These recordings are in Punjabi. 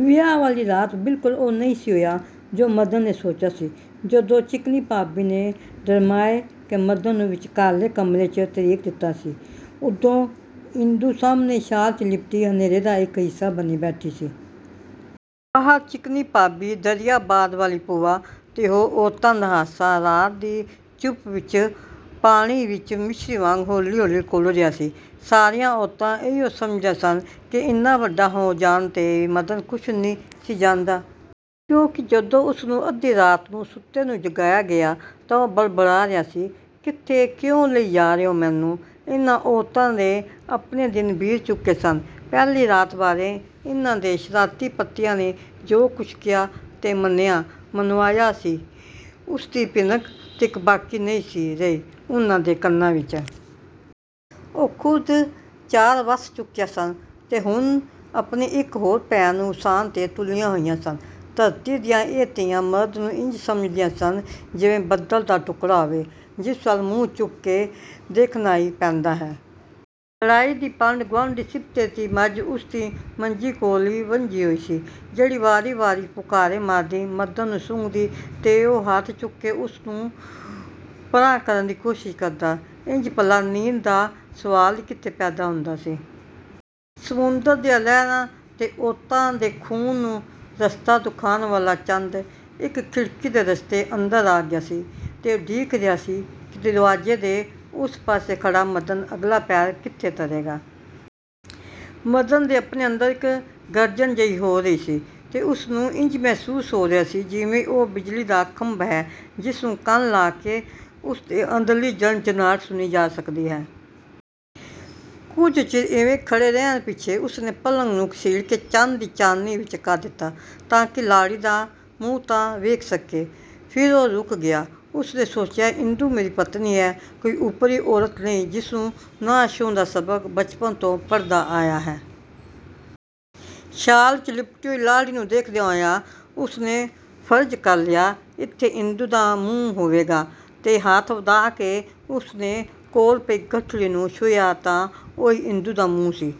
ਵਿਆਹ ਵਾਲੀ ਰਾਤ ਬਿਲਕੁਲ ਉਹ ਨਹੀਂ ਸੀ ਹੋਇਆ ਜੋ ਮਦਨ ਨੇ ਸੋਚਿਆ ਸੀ। ਜਦੋਂ ਚਿਕਨੀ ਭਾਬੀ ਨੇ ਦਰਮਾਅ ਕੇ ਮਦਨ ਨੂੰ ਵਿਚਕਾਰਲੇ ਕਮਰੇ ਚ ਧਰੀਕ ਦਿਤਾ ਸੀ, ਉਦੋਂ ਇੰਦੂ ਸਾਹਮਣੇ ਸ਼ਾਲ ਵਿਚ ਲਿਪਟੀ, ਹਨੇਰੇ ਦਾ ਇਕ ਹਿੱਸਾ ਬਣੀ ਬੈਠੀ ਸੀ। ਬਾਹਰ ਚਿਕਨੀ ਭਾਬੀ, ਦਰਿਆਬਾਦ ਵਾਲੀ ਭੂਆ ਤੇ ਹੋਰ ਔਰਤਾਂ ਦਾ ਹਾਸਾ, ਰਾਤ ਦੀ ਚੁੱਪ ਵਿਚ ਪਾਣੀ ਵਿਚ ਮਿਸ਼ਰੀ ਵਾਂਗ ਹੌਲੀ–ਹੌਲੀ ਘੁਲ ਰਿਹਾ ਸੀ। ਸਾਰੀਆਂ ਔਰਤਾਂ ਇਹੋ ਸਮਝਦੀਆਂ ਸਨ ਕਿ ਏਨਾ ਵੱਡਾ ਹੋ ਜਾਣ 'ਤੇ ਮਦਨ ਕੁਛ ਨਹੀਂ ਸੀ ਜਾਣਦਾ। ਕਿਉਂਕਿ ਜਦੋਂ ਉਸਨੂੰ ਅੱਧੀ ਰਾਤ ਨੂੰ ਸੁੱਤੇ ਨੂੰ ਜਗਾਇਆ ਗਿਆ ਤਾਂ ਉਹ ਬੜਬੜਾ ਰਿਹਾ ਸੀ-"ਕਿੱਥੇ, ਕਿਉਂ ਲਈ ਜਾ ਰਹੇ ਹੋ ਮੈਨੂੰ? " ਇਹਨਾਂ ਔਰਤਾਂ ਦੇ ਆਪਣੇ ਦਿਨ ਬੀਤ ਚੁੱਕੇ ਸਨ। ਪਹਿਲੀ ਰਾਤ ਬਾਰੇ ਇਹਨਾਂ ਦੇ ਸ਼ਰਾਰਤੀ ਪਤੀਆਂ ਨੇ ਜੋ ਕੁਝ ਕਿਹਾ ਤੇ ਮੰਨਿਆਂ–ਮਨਵਾਇਆ ਸੀ, ਉਸਦੀ ਭਿਣਕ ਤੀਕ ਬਾਕੀ ਨਹੀਂ ਸੀ ਰਹੀ ਉਹਨਾਂ ਦੇ ਕੰਨਾਂ ਵਿਚ। ਉਹ ਖ਼ੁਦ ਚਾ–ਵੱਸ ਚੁੱਕੀਆਂ ਸਨ ਤੇ ਹੁਣ ਆਪਣੀ ਇਕ ਹੋਰ ਭੈਣ ਨੂੰ ਵਸਾਉਣ 'ਤੇ ਤੁਲੀਆਂ ਹੋਈਆਂ ਸਨ। ਧਰਤੀ ਦੀਆਂ ਇਹ ਧੀਆਂ ਮਰਦ ਨੂੰ ਇੰਜ ਸਮਝਦੀਆਂ ਸਨ, ਜਿਵੇਂ ਬੱਦਲ ਦਾ ਟੁਕੜਾ ਹੋਵੇ, ਜਿਸ ਵੱਲ ਮੂੰਹ ਚੁੱਕ ਕੇ ਦੇਖਣਾ ਹੀ ਪੈਂਦਾ ਹੈ। ਲੜਾਈ ਦੀ ਪੰਡ ਗੁਆਂਢੀ ਸਿਬਤੇ ਦੀ ਮੱਝ ਉਸਦੀ ਮੰਜੀ ਕੋਲ ਹੀ ਵੰਝੀ ਹੋਈ ਸੀ, ਜਿਹੜੀ ਵਾਰੀ ਵਾਰੀ ਫੁਕਾਰੇ ਮਾਰਦੀ, ਮਦਨ ਨੂੰ ਸੁੰਘਦੀ ਤੇ ਉਹ ਹੱਥ ਚੁੱਕ ਕੇ ਉਸਨੂੰ ਪਰ੍ਹਾਂ ਕਰਨ ਦੀ ਕੋਸ਼ਿਸ਼ ਕਰਦਾ-ਇੰਜ ਭਲਾ ਨੀਂਦ ਦਾ ਸਵਾਲ ਹੀ ਕਿੱਥੇ ਪੈਦਾ ਹੁੰਦਾ ਸੀ? ਸਮੁੰਦਰ ਦੀਆਂ ਲਹਿਰਾਂ ਤੇ ਔਰਤਾਂ ਦੇ ਖ਼ੂਨ ਨੂੰ ਰਸਤਾ ਦਿਖਾਉਣ ਵਾਲਾ ਚੰਦ, ਇਕ ਖਿੜਕੀ ਦੇ ਰਸਤੇ ਅੰਦਰ ਆ ਗਿਆ ਸੀ ਤੇ ਉਡੀਕ ਰਿਹਾ ਸੀ ਕਿ ਦਰਵਾਜ਼ੇ ਦੇ ਉਸ ਪਾਸੇ ਖੜ੍ਹਾ ਮਦਨ ਅਗਲਾ ਪੈਰ ਕਿੱਥੇ ਧਰੇਗਾ? ਮਦਨ ਦੇ ਆਪਣੇ ਅੰਦਰ ਇਕ ਗਰਜਨ ਜਿਹੀ ਹੋ ਰਹੀ ਸੀ ਤੇ ਉਸਨੂੰ ਇੰਜ ਮਹਿਸੂਸ ਹੋ ਰਿਹਾ ਸੀ ਜਿਵੇਂ ਉਹ ਬਿਜਲੀ ਦਾ ਖੰਭਾ ਹੈ ਜਿਸਨੂੰ ਕੰਨ ਲਾ ਕੇ ਉਸਦੇ ਅੰਦਰਲੀ ਝਣਝਣਾਹਟ ਸੁਣੀ ਜਾ ਸਕਦੀ ਹੈ। ਕੁਝ ਚਿਰ ਇਵੇਂ ਖੜ੍ਹੇ ਰਹਿਣ ਪਿੱਛੇਂ ਉਸਨੇ ਪਲੰਘ ਨੂੰ ਘਸੀਟ ਕੇ ਚੰਦ ਦੀ ਚਾਨਣੀ ਵਿਚ ਕਰ ਦਿਤਾ ਤਾਂਕਿ ਲਾੜੀ ਦਾ ਮੂੰਹ ਤਾਂ ਵੇਖ ਸਕੇ। ਫੇਰ ਉਹ ਰੁਕ ਗਿਆ। ਉਸਨੇ ਸੋਚਿਆ ਇੰਦੂ ਮੇਰੀ ਪਤਨੀ ਹੈ, ਕੋਈ ਓਪਰੀ ਔਰਤ ਨਹੀਂ ਜਿਸਨੂੰ ਨਾ ਛੂਹਣ ਦਾ ਸਬਕ ਬਚਪਨ ਤੋਂ ਪੜ੍ਹਦਾ ਆਇਆ ਹੈ। ਸ਼ਾਲ ਚ ਲਿਪਟੀ ਹੋਈ ਲਾੜੀ ਨੂੰ ਦੇਖਦਿਆਂ ਹੋਇਆਂ ਉਸਨੇ ਫਰਜ਼ ਕਰ ਲਿਆ, ਇੱਥੇ ਇੰਦੂ ਦਾ ਮੂੰਹ ਹੋਵੇਗਾ, ਤੇ ਹੱਥ ਵਧਾਅ ਕੇ ਉਸਨੇ ਕੋਲ ਪਈ ਗਠੜੀ ਨੂੰ ਛੂਹਿਆ ਤਾਂ ਉਹੀ ਇੰਦੂ ਦਾ ਮੂੰਹ ਸੀ।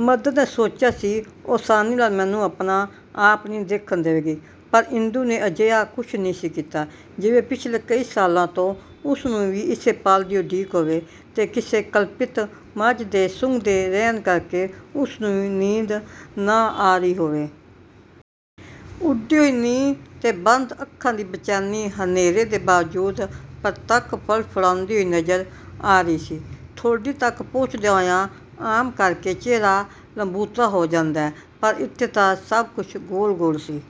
ਮਦਨ ਨੇ ਸੋਚਿਆ ਸੀ ਉਹ ਆਸਾਨੀ ਨਾਲ ਮੈਨੂੰ ਆਪਣਾ ਆਪ ਨਹੀਂ ਦੇਖਣ ਦਵੇਗੀ, ਪਰ ਇੰਦੂ ਨੇ ਅਜਿਹਾ ਕੁਝ ਨਹੀਂ ਸੀ ਕੀਤਾ, ਜਿਵੇਂ ਪਿੱਛਲੇ ਕਈ ਸਾਲਾਂ ਤੋਂ ਉਸਨੂੰ ਵੀ ਇਸੇ ਪਲ ਦੀ ਉਡੀਕ ਹੋਵੇ-ਤੇ ਕਿਸੇ ਕਲਪਿਤ ਮੱਝ ਦੇ ਸੁੰਘਦੇ ਰਹਿਣ ਕਰਕੇ ਉਸਨੂੰ ਵੀ ਨੀਂਦ ਨਾ ਆ ਰਹੀ ਹੋਵੇ। ਉੱਡੀ ਹੋਈ ਨੀਂਦ ਤੇ ਬੰਦ ਅੱਖਾਂ ਦੀ ਬੇਚੈਨੀ ਹਨੇਰੇ ਦੇ ਬਾਵਜੂਦ ਪਰਤੱਖ ਫੜਫੜਾਉਂਦੀ ਹੋਈ ਨਜ਼ਰ ਆ ਰਹੀ ਸੀ। ਠੋਡੀ ਤਕ ਪਹੁੰਚਦਿਆਂ ਹੋਇਆਂ ਆਮ ਕਰਕੇ ਚਿਹਰਾ ਲੰਬੂਤਰਾ ਹੋ ਜਾਂਦਾ ਹੈ, ਪਰ ਇੱਥੇ ਤਾਂ ਸਭ ਕੁਝ ਗੋਲ ਗੋਲ ਸੀ।